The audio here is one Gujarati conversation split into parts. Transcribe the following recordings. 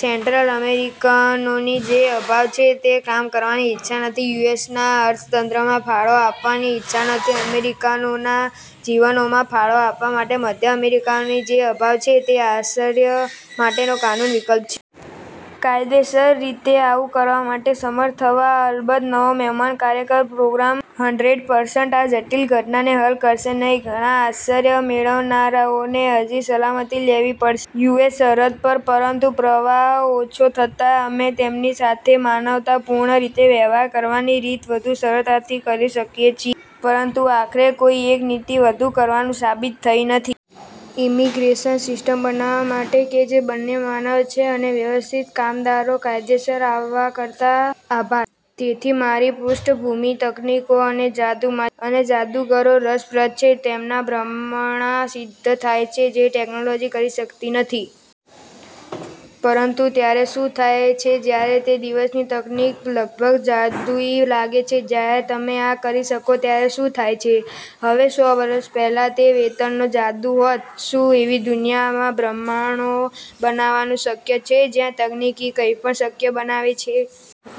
સેન્ટ્રલ અમેરિકનોની જે અભાવ છે તે કામ કરવાની ઇચ્છા નથી. યુ. એસ. ના અર્થતંત્રમાં ફાળો આપવાની ઇચ્છા નથી, અમેરિકનોના જીવનમાં ફાળો આપવા માટે મધ્ય અમેરિકની જે અભાવ છે તે આશ્રય માટેનો કાનૂની વિકલ્પ છે. કાયદેસર રીતે આવું કરવા માટે સમર્થ થવા અલબત્ત નવો મહેમાન કાર્યકર પ્રોગ્રામ હન્ડ્રેડ પર્સન્ટ આ જટિલ ઘટનાને હલ કરશે નહીં. ઘણા આશ્રય મેળવનારાઓને હજી સલામતી લેવી પડશે. યુ. એસ. સરહદ પર. પરંતુ પ્રવાહ ઓછો થતાં અમે તેમની સાથે માનવતાપૂર્ણ રીતે વ્યવહાર કરવાની રીત વધુ સરળતાથી કરી શકીએ છીએ, પરંતુ આખરે કોઈ એક નીતિ વધુ કરવાનું સાબિત થઈ નથી. ઇમિગ્રેશન સિસ્ટમ બનાવવા માટે કે જે બંને માનવ છે અને વ્યવસ્થિત કામદારો કાયદેસર આવવા કરતાં. આભાર. તેથી, મારી પૃષ્ઠભૂમિ તકનીકો અને જાદુમાં છે. અને જાદુગરો રસપ્રદ છે. તેમના ભ્રમણા સિદ્ધ થાય છે જે ટેકનોલોજી કરી શકતી નથી. પરંતુ ત્યારે શું થાય છે જ્યારે તે દિવસની તકનીક લગભગ જાદુઈ લાગે છે? જ્યારે તમે આ કરી શકો ત્યારે શું થાય છે? હવે સો વર્ષ પહેલાં તે વેતનનો જાદુ હોત. શું એવી દુનિયામાં બ્રહ્માણો બનાવવાનું શક્ય છે, જ્યાં તકનીકી કંઈપણ શક્ય બનાવે છે.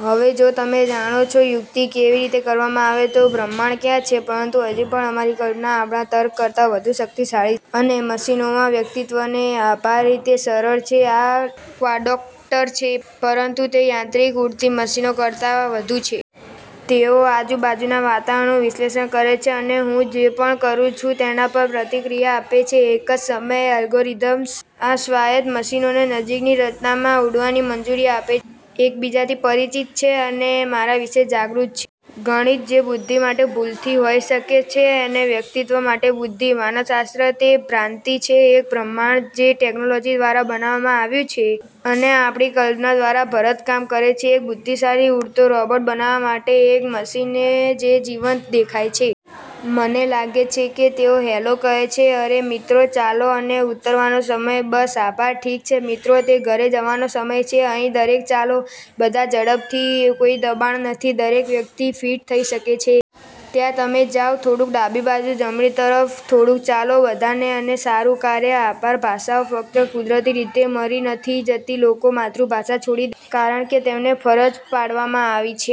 હવે જો તમે જાણો છો યુક્તિ કેવી રીતે કરવામાં આવે, તો ભ્રમણા ક્યાં છે? પરંતુ હજી પણ અમારી કલ્પના આપણા તર્ક કરતાં વધુ શક્તિશાળી, અને મશીનોમાં વ્યક્તિત્વને આભારી તે સરળ છે. આ ક્વાડોપ્ટરશિપ, પરંતુ તે યાંત્રિક ઉડતી મશીનો કરતા વધુ છે. તેઓ આજુબાજુના વાતાવરણનું વિશ્લેષણ કરે છે અને હું જે પણ કરું છું તેના પર પ્રતિક્રિયા આપે છે. એક જ સમયે અલ્ગોરિધમ્સ આ સ્વાયત્ત મશીનોને નજીકની રચનામાં ઉડવાની મંજૂરી આપે, એકબીજાથી પરિચિત છે અને મારા વિશે જાગૃત છે. ગણિત જે બુદ્ધિ માટે ભૂલથી હોઈ શકે છે અને વ્યક્તિત્વ માટે બુદ્ધિ. માનવશાસ્ત્ર તે ભ્રાંતિ છે, એક ભ્રમણા જે ટેકનોલોજી દ્વારા બનાવવામાં આવ્યું છે અને આપણી કલ્પના દ્વારા ભરતકામ કરે છે. એક બુદ્ધિશાળી ઉડતો રોબોટ બનવા માટે, એક મશીને જે જીવંત દેખાય છે. મને લાગે છે કે તેઓ "હેલો" કહે છે. અરે મિત્રો! ચાલો અને ઉતરવાનો સમય. બસ. આભાર. ઠીક છે, મિત્રો, તે ઘરે જવાનો સમય છે. અહીં દરેક ચાલો, બધા ઝડપથી. કોઈ દબાણ નથી, દરેક વ્યક્તિ ફિટ થઈ શકે છે. ત્યાં તમે જાઓ, થોડુંક ડાબી બાજુ, જમણી તરફ થોડુંક. ચાલો, બધાને અને સારું કાર્ય! આભાર. ભાષાઓ ફક્ત કુદરતી રીતે મરી નથી જતી લોકો માતૃભાષા છોડી, કારણ કે તેમને ફરજ પાડવામાં આવી છે.